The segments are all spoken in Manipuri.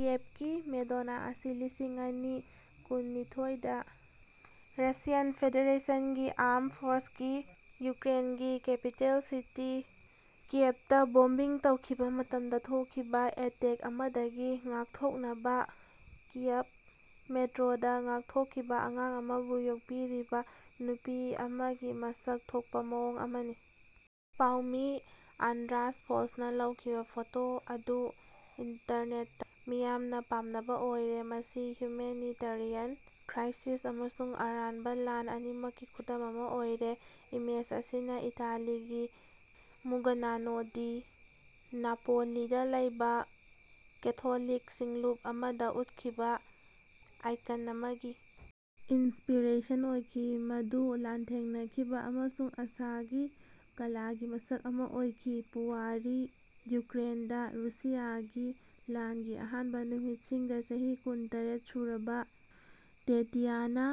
ꯀꯤꯌꯦꯚꯀꯤ ꯃꯦꯗꯣꯅꯥ ꯑꯁꯤ ꯂꯤꯁꯤꯡ ꯑꯅꯤ ꯀꯨꯟꯅꯤꯊꯣꯏꯗꯥ ꯔꯁꯤꯌꯥꯟ ꯐꯦꯗꯦꯔꯦꯁꯟꯒꯤ ꯑꯥꯔꯝ ꯐꯣꯔꯁꯁꯤꯡꯅꯥ ꯌꯨꯀ꯭ꯔꯦꯟꯒꯤ ꯀꯦꯄꯤꯇꯦꯜ ꯁꯤꯇꯤ ꯀꯤꯌꯦꯚꯇꯥ ꯕꯣꯝꯕꯤꯡ ꯇꯧꯈꯤꯕꯥ ꯃꯇꯝꯗꯥ ꯊꯣꯛꯈꯤꯕꯥ ꯑꯦꯇꯦꯛ ꯑꯃꯗꯒꯤ ꯉꯥꯛꯊꯣꯛꯅꯕꯥ ꯀꯤꯌꯕ ꯃꯦꯇ꯭ꯔꯣꯗꯥ ꯉꯥꯛꯊꯣꯛꯈꯤꯕꯥ ꯑꯉꯥꯡ ꯑꯃꯕꯨ ꯌꯣꯛꯄꯤꯔꯤꯕꯥ ꯅꯨꯄꯤ ꯑꯃꯒꯤ ꯃꯁꯛ ꯊꯣꯛꯄꯥ ꯃꯑꯣꯡ ꯑꯃꯅꯤ꯫ ꯄꯥꯎꯃꯤ ꯑꯥꯟꯗ꯭ꯔꯥꯁ ꯐꯣꯜꯗꯁꯅꯥ ꯂꯧꯈꯤꯕꯥ ꯐꯣꯇꯣ ꯑꯗꯨ ꯏꯟꯇꯔꯅꯦꯠꯇꯥ ꯃꯤꯌꯥꯝꯅꯥ ꯄꯥꯝꯅꯕꯥ ꯑꯣꯏꯔꯦ꯫ ꯃꯁꯤ ꯍ꯭ꯌꯨꯃꯦꯅꯤꯇꯔꯤꯌꯥꯟ ꯀ꯭ꯔꯥꯏꯁꯤꯁ ꯑꯃꯁꯨꯡ ꯑꯔꯥꯟꯕꯥ ꯂꯥꯟ ꯑꯅꯤꯃꯛꯀꯤ ꯈꯨꯗꯝ ꯑꯃꯥ ꯑꯣꯏꯔꯦ꯫ ꯏꯃꯦꯖ ꯑꯁꯤꯅꯥ ꯏꯇꯥꯂꯤꯒꯤ ꯃꯨꯒꯅꯥꯅꯣ ꯗꯤ ꯅꯥꯄꯣꯂꯤꯗꯥ ꯂꯩꯕꯥ ꯀꯦꯊꯣꯂꯤꯛ ꯁꯤꯡꯂꯨꯞ ꯑꯃꯗꯥ ꯎꯠꯈꯤꯕꯥ ꯑꯥꯏꯀꯟ ꯑꯃꯒꯤ ꯏꯟꯁꯄꯤꯔꯦꯁꯟ ꯑꯣꯏꯈꯤ ꯃꯗꯨ ꯂꯥꯟꯊꯦꯡꯅꯈꯤꯕꯥ ꯑꯃꯁꯨꯡ ꯑꯥꯁꯥꯒꯤ ꯀꯂꯥꯒꯤ ꯃꯁꯛ ꯑꯃꯥ ꯑꯣꯏꯈꯤ꯫ ꯄꯨꯋꯥꯔꯤ ꯌꯨꯀ꯭ꯔꯦꯟꯗꯥ ꯔꯨꯁꯤꯌꯥꯒꯤ ꯂꯥꯟꯒꯤ ꯑꯍꯥꯟꯕꯥ ꯅꯨꯃꯤꯠꯁꯤꯡꯗꯥ ꯆꯍꯤ ꯀꯨꯟ ꯇꯔꯦꯠ ꯁꯨꯔꯕꯤ ꯇꯦꯇꯤꯌꯥꯅꯥ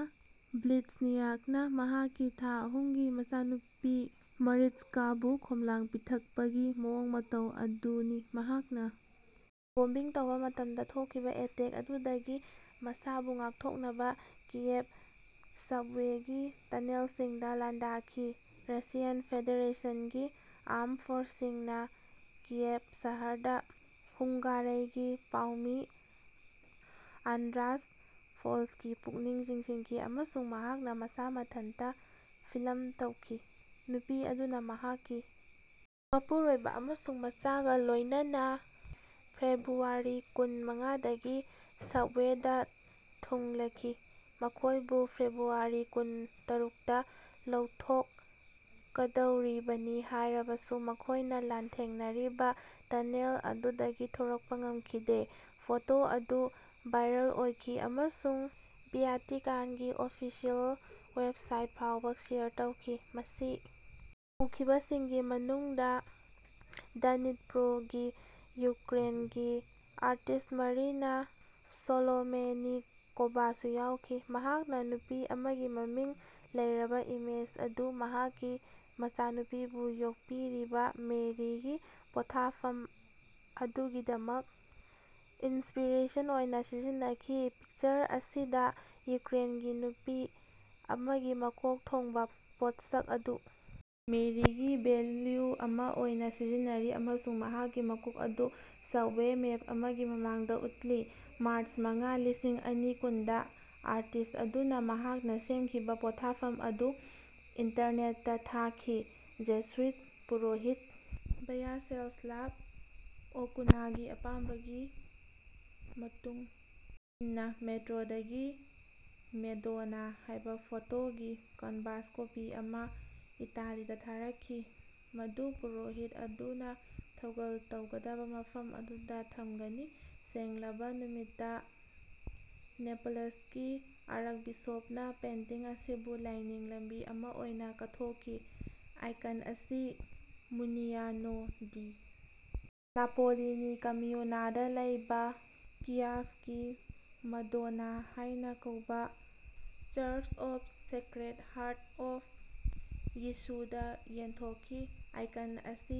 ꯕ꯭ꯂꯤꯖꯅꯤꯌꯥꯛꯅꯥ ꯃꯍꯥꯛꯀꯤ ꯊꯥ ꯑꯍꯨꯝꯒꯤ ꯃꯆꯥꯅꯨꯄꯤ ꯃꯔꯤꯆꯀꯥꯕꯨ ꯈꯣꯝꯂꯥꯡ ꯄꯤꯊꯛꯄꯒꯤ ꯃꯑꯣꯡ ꯃꯇꯧ ꯑꯗꯨꯅꯤ ꯃꯍꯥꯛꯅꯥ ꯕꯣꯝꯕꯤꯡ ꯇꯧꯕꯥ ꯃꯇꯝꯗꯥ ꯊꯣꯛꯈꯤꯕꯥ ꯑꯦꯇꯦꯛ ꯑꯗꯨꯗꯒꯤ ꯃꯁꯥꯕꯨ ꯉꯥꯛꯊꯣꯛꯅꯕꯥ ꯀꯤꯌꯦꯚ ꯁꯕꯋꯦꯒꯤ ꯇꯅꯦꯜꯁꯤꯡꯗꯥ ꯂꯥꯟꯗꯥꯈꯤ꯫ ꯔꯁꯤꯌꯥꯟ ꯐꯦꯗꯦꯔꯦꯁꯟꯒꯤ ꯑꯥꯔꯝ ꯐꯣꯔꯁꯁꯤꯡꯅꯥ ꯀꯤꯌꯦꯚ ꯁꯍꯔꯗꯥ ꯍꯨꯉ꯭ꯒꯥꯔꯩꯒꯤ ꯄꯥꯎꯃꯤ ꯑꯥꯟꯗ꯭ꯔꯥꯁ ꯐꯣꯜꯗꯁꯀꯤ ꯄꯨꯛꯅꯤꯡ ꯆꯤꯡꯁꯤꯟꯈꯤ ꯑꯃꯁꯨꯡ ꯃꯍꯥꯛꯅꯥ ꯃꯁꯥ ꯃꯊꯟꯇꯥ ꯐꯤꯂꯝ ꯇꯧꯈꯤ꯫ ꯅꯨꯄꯤ ꯑꯗꯨꯅꯥ ꯃꯍꯥꯛꯀꯤ ꯃꯄꯨꯔꯣꯏꯕꯥ ꯑꯃꯁꯨꯡ ꯃꯆꯥꯒꯥ ꯂꯣꯏꯅꯅꯥ ꯐꯦꯕ꯭ꯔꯨꯋꯥꯔꯤ ꯀꯨꯟ ꯃꯉꯥꯗꯒꯤ ꯁꯕꯋꯦꯗꯥ ꯊꯨꯡꯂꯈꯤ ꯃꯈꯣꯏꯕꯨ ꯐꯦꯕ꯭ꯔꯨꯋꯥꯔꯤ ꯀꯨꯟ ꯇꯔꯨꯛꯇꯥ ꯂꯧꯊꯣꯛꯛꯗꯧꯔꯤꯕꯅꯤ ꯍꯥꯏꯔꯕꯁꯨ ꯃꯈꯣꯏꯅꯥ ꯂꯥꯟꯊꯦꯡꯅꯔꯤꯕꯥ ꯇꯅꯦꯜ ꯑꯗꯨꯗꯒꯤ ꯊꯣꯔꯛꯄꯥ ꯉꯝꯈꯤꯗꯦ꯫ ꯐꯣꯇꯣ ꯑꯗꯨ ꯚꯥꯏꯔꯜ ꯑꯣꯏꯈꯤ ꯑꯃꯁꯨꯡ ꯚ꯭ꯌꯥꯇꯤꯀꯥꯟꯒꯤ ꯑꯣꯐꯤꯁꯤꯑꯦꯜ ꯋꯦꯕꯁꯥꯏꯠ ꯐꯥꯎꯕꯥ ꯁꯦꯌꯔ ꯇꯧꯈꯤ꯫ ꯃꯁꯤ ꯎꯈꯤꯕꯁꯤꯡꯒꯤ ꯃꯅꯨꯡꯗꯥ ꯗ꯭ꯅꯤꯄꯔꯣꯗꯒꯤ ꯌꯨꯀ꯭ꯔꯦꯟꯒꯤ ꯑꯥꯔꯇꯤꯁ꯭ꯠ ꯃꯔꯤꯅꯥ ꯁꯣꯂꯣꯃꯦꯅꯤꯀꯣꯚꯥꯁꯨ ꯌꯥꯎꯈꯤ꯫ ꯃꯍꯥꯛꯅꯥ ꯅꯨꯄꯤ ꯑꯃꯒꯤ ꯃꯃꯤꯡ ꯂꯩꯔꯕꯥ ꯏꯃꯦꯖ ꯑꯗꯨ ꯃꯍꯥꯛꯀꯤ ꯃꯆꯥꯅꯨꯄꯤꯕꯨ ꯌꯣꯛꯄꯤꯔꯤꯕꯥ ꯃꯦꯔꯤꯒꯤ ꯄꯣꯠꯊꯥꯐꯝ ꯑꯗꯨꯒꯤꯗꯃꯛ ꯏꯟꯁꯄꯤꯔꯦꯁꯟ ꯑꯣꯏꯅꯥ ꯁꯤꯖꯤꯟꯅꯈꯤ꯫ ꯄꯤꯛꯆꯔ ꯑꯁꯤꯗꯥ ꯌꯨꯀ꯭ꯔꯦꯟꯒꯤ ꯅꯨꯄꯤ ꯑꯃꯒꯤ ꯃꯀꯣꯛ ꯊꯣꯡꯕꯥ ꯄꯣꯠꯁꯛ ꯑꯗꯨ ꯃꯦꯔꯤꯒꯤ ꯚꯦꯂ꯭ꯌꯨ ꯑꯃꯥ ꯑꯣꯏꯅꯥ ꯁꯤꯖꯤꯟꯅꯔꯤ ꯑꯃꯁꯨꯡ ꯃꯍꯥꯛꯀꯤ ꯃꯀꯣꯛ ꯑꯗꯨ ꯁꯕꯋꯦ ꯃꯦꯞ ꯑꯃꯒꯤ ꯃꯃꯥꯡꯗꯥ ꯎꯠꯂꯤ꯫ ꯃꯥꯔꯆ ꯃꯉꯥ ꯂꯤꯁꯤꯡ ꯑꯅꯤ ꯀꯨꯟꯗꯥ ꯑꯥꯔꯇꯤꯁ꯭ꯠ ꯑꯗꯨꯅꯥ ꯃꯍꯥꯛꯅꯥ ꯁꯦꯝꯈꯤꯕꯥ ꯄꯣꯠꯊꯥꯐꯝ ꯑꯗꯨ ꯏꯟꯇꯔꯅꯦꯠꯇꯥ ꯊꯥꯈꯤ꯫ ꯖꯦꯁꯨꯏꯠ ꯄꯨꯔꯣꯍꯤꯠ ꯚ꯭ꯌꯥꯆꯦꯁ꯭ꯂꯥꯚ ꯑꯣꯀꯨꯅꯒꯤ ꯑꯄꯥꯝꯕꯒꯤ ꯃꯇꯨꯡ ꯏꯟꯅꯥ ꯃꯦꯇ꯭ꯔꯣꯗꯒꯤ ꯃꯦꯗꯣꯅꯥ ꯍꯥꯏꯕꯥ ꯐꯣꯇꯣꯒꯤ ꯀꯦꯟꯚꯥꯁ ꯀꯣꯄꯤ ꯑꯃꯥ ꯏꯇꯥꯂꯤꯗꯥ ꯊꯥꯔꯛꯈꯤ ꯃꯗꯨ ꯄꯨꯔꯣꯍꯤꯠ ꯑꯗꯨꯅꯥ ꯊꯧꯒꯜ ꯇꯧꯒꯗꯕꯥ ꯃꯐꯝ ꯑꯗꯨꯗꯥ ꯊꯝꯒꯅꯤ꯫ ꯁꯦꯡꯂꯕꯥ ꯅꯨꯃꯤꯠꯇꯥ ꯅꯦꯄꯂꯁꯀꯤ ꯑꯥꯔ꯭ꯛꯕꯤꯁꯣꯞꯅꯥ ꯄꯦꯟꯇꯤꯡ ꯑꯁꯤꯕꯨ ꯂꯥꯏꯅꯤꯡ ꯂꯝꯕꯤ ꯑꯃꯥ ꯑꯣꯏꯅꯥ ꯀꯠꯊꯣꯛꯈꯤ꯫ ꯑꯥꯏꯀꯟ ꯑꯁꯤ ꯃꯨꯅꯤꯌꯥꯅꯣ ꯗꯤ ꯅꯥꯄꯣꯂꯤꯒꯤ ꯀꯝꯃ꯭ꯌꯨꯅꯗꯥ ꯂꯩꯕꯥ ꯀꯤꯌꯦꯚꯀꯤ ꯃꯗꯣꯅꯥ ꯍꯥꯏꯅꯥ ꯀꯧꯕꯥ church of sacred heart of ꯌꯤꯁꯨꯗꯥ ꯌꯦꯟꯊꯣꯛꯈꯤ꯫ ꯑꯥꯏꯀꯟ ꯑꯁꯤ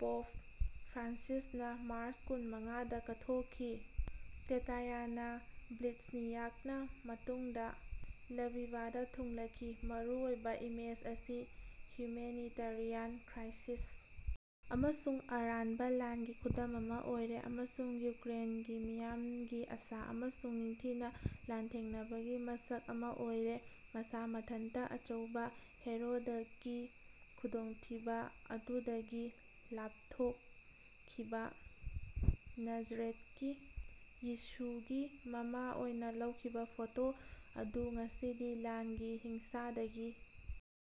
ꯄꯣꯞ ꯐ꯭ꯔꯥꯟꯁꯤꯁꯅꯥ ꯃꯥꯔꯆ ꯀꯨꯟ ꯃꯉꯥ ꯗꯥ ꯀꯠꯊꯣꯛꯈꯤ꯫ ꯇꯦꯇꯌꯥꯅꯥ ꯕ꯭ꯂꯤꯖꯅꯤꯌꯥꯛꯅꯥ ꯃꯇꯨꯡꯗꯥ ꯂꯚꯤꯚꯗꯥ ꯊꯨꯡꯂꯈꯤ꯫ ꯃꯔꯨꯑꯣꯏꯕ ꯏꯃꯦꯖ ꯑꯁꯤ ꯍ꯭ꯌꯨꯃꯦꯅꯤꯇꯔꯤꯌꯥꯟ ꯀ꯭ꯔꯥꯏꯁꯤꯁ ꯑꯃꯁꯨꯡ ꯑꯔꯥꯟꯕꯥ ꯂꯥꯟꯒꯤ ꯈꯨꯗꯝ ꯑꯃꯥ ꯑꯣꯏꯔꯦ ꯑꯃꯁꯨꯡ ꯌꯨꯀ꯭ꯔꯦꯟꯒꯤ ꯃꯤꯌꯥꯝꯒꯤ ꯑꯥꯁꯥ ꯑꯃꯁꯨꯡ ꯅꯤꯡꯊꯤꯅꯥ ꯂꯥꯟꯊꯦꯡꯅꯕꯒꯤ ꯃꯁꯛ ꯑꯃꯥ ꯑꯣꯏꯔꯦ꯫ ꯃꯁꯥ ꯃꯊꯟꯇꯥ ꯑꯆꯧꯕꯥ ꯍꯦꯔꯣꯗꯀꯤ ꯈꯨꯗꯣꯡꯊꯤꯕꯥ ꯑꯗꯨꯗꯒꯤ ꯂꯥꯞꯊꯣꯀꯈꯤꯕꯥ ꯅꯥꯖꯔꯦꯠꯀꯤ ꯌꯤꯁꯨꯒꯤ ꯃꯃꯥ ꯑꯣꯏꯅꯥ ꯂꯧꯈꯤꯕꯥ ꯐꯣꯇꯣ ꯑꯗꯨ ꯉꯁꯤꯗꯤ ꯂꯥꯟꯒꯤ ꯍꯤꯡꯁꯥꯗꯒꯤ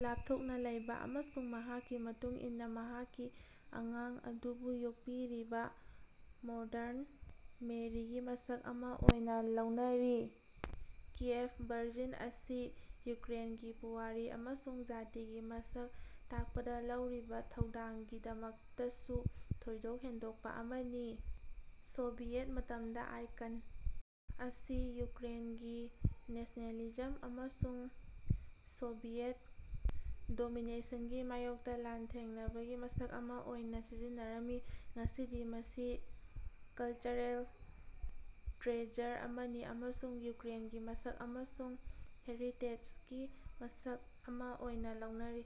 ꯂꯥꯞꯊꯣꯛꯅꯥ ꯂꯩꯕꯥ ꯑꯃꯁꯨꯡ ꯃꯍꯥꯛꯀꯤ ꯃꯇꯨꯡ ꯏꯟꯅꯥ ꯃꯍꯥꯛꯀꯤ ꯑꯉꯥꯡ ꯑꯗꯨꯕꯨ ꯌꯣꯛꯄꯤꯔꯤꯕꯥ ꯃꯣꯗꯔꯟ ꯃꯦꯔꯤꯒꯤ ꯃꯁꯛ ꯑꯃꯥ ꯑꯣꯏꯅꯥ ꯂꯧꯅꯔꯤ꯫ ꯀꯤꯌꯦꯚ ꯚꯔꯖꯤꯟ ꯑꯁꯤ ꯌꯨꯀ꯭ꯔꯦꯟꯒꯤ ꯄꯨꯋꯥꯔꯤ ꯑꯃꯁꯨꯡ ꯖꯥꯇꯤꯒꯤ ꯃꯁꯛ ꯇꯥꯛꯄꯗꯥ ꯂꯧꯔꯤꯕꯥ ꯊꯧꯗꯥꯡꯒꯤꯗꯃꯛꯇꯁꯨ ꯊꯣꯏꯗꯣꯛ ꯍꯦꯟꯗꯣꯛꯄꯥ ꯑꯃꯅꯤ꯫ ꯁꯣꯚꯤꯌꯦꯠ ꯃꯇꯝꯗꯥ ꯑꯥꯏꯀꯟ ꯑꯁꯤ ꯌꯨꯀ꯭ꯔꯦꯟꯒꯤ ꯅꯦꯁꯅꯦꯂꯤꯖꯝ ꯑꯃꯁꯨꯡ ꯁꯣꯚꯤꯌꯦꯠ ꯗꯣꯃꯤꯅꯦꯁꯟꯒꯤ ꯃꯥꯌꯣꯛꯇꯥ ꯂꯥꯟꯊꯦꯡꯅꯕꯒꯤ ꯃꯁꯛ ꯑꯃꯥ ꯑꯣꯏꯅꯥ ꯁꯤꯖꯤꯟꯅꯔꯝꯃꯤ꯫ ꯉꯁꯤꯗꯤ ꯃꯁꯤ ꯀꯂꯆꯔꯦꯜ ꯇ꯭ꯔꯦꯖꯔ ꯑꯃꯅꯤ ꯑꯃꯁꯨꯡ ꯌꯨꯀ꯭ꯔꯦꯟꯒꯤ ꯃꯁꯛ ꯑꯃꯁꯨꯡ ꯍꯦꯔꯤꯇꯦꯖꯒꯤ ꯃꯁꯛ ꯑꯃꯥ ꯑꯣꯏꯅꯥ ꯂꯧꯅꯔꯤ꯫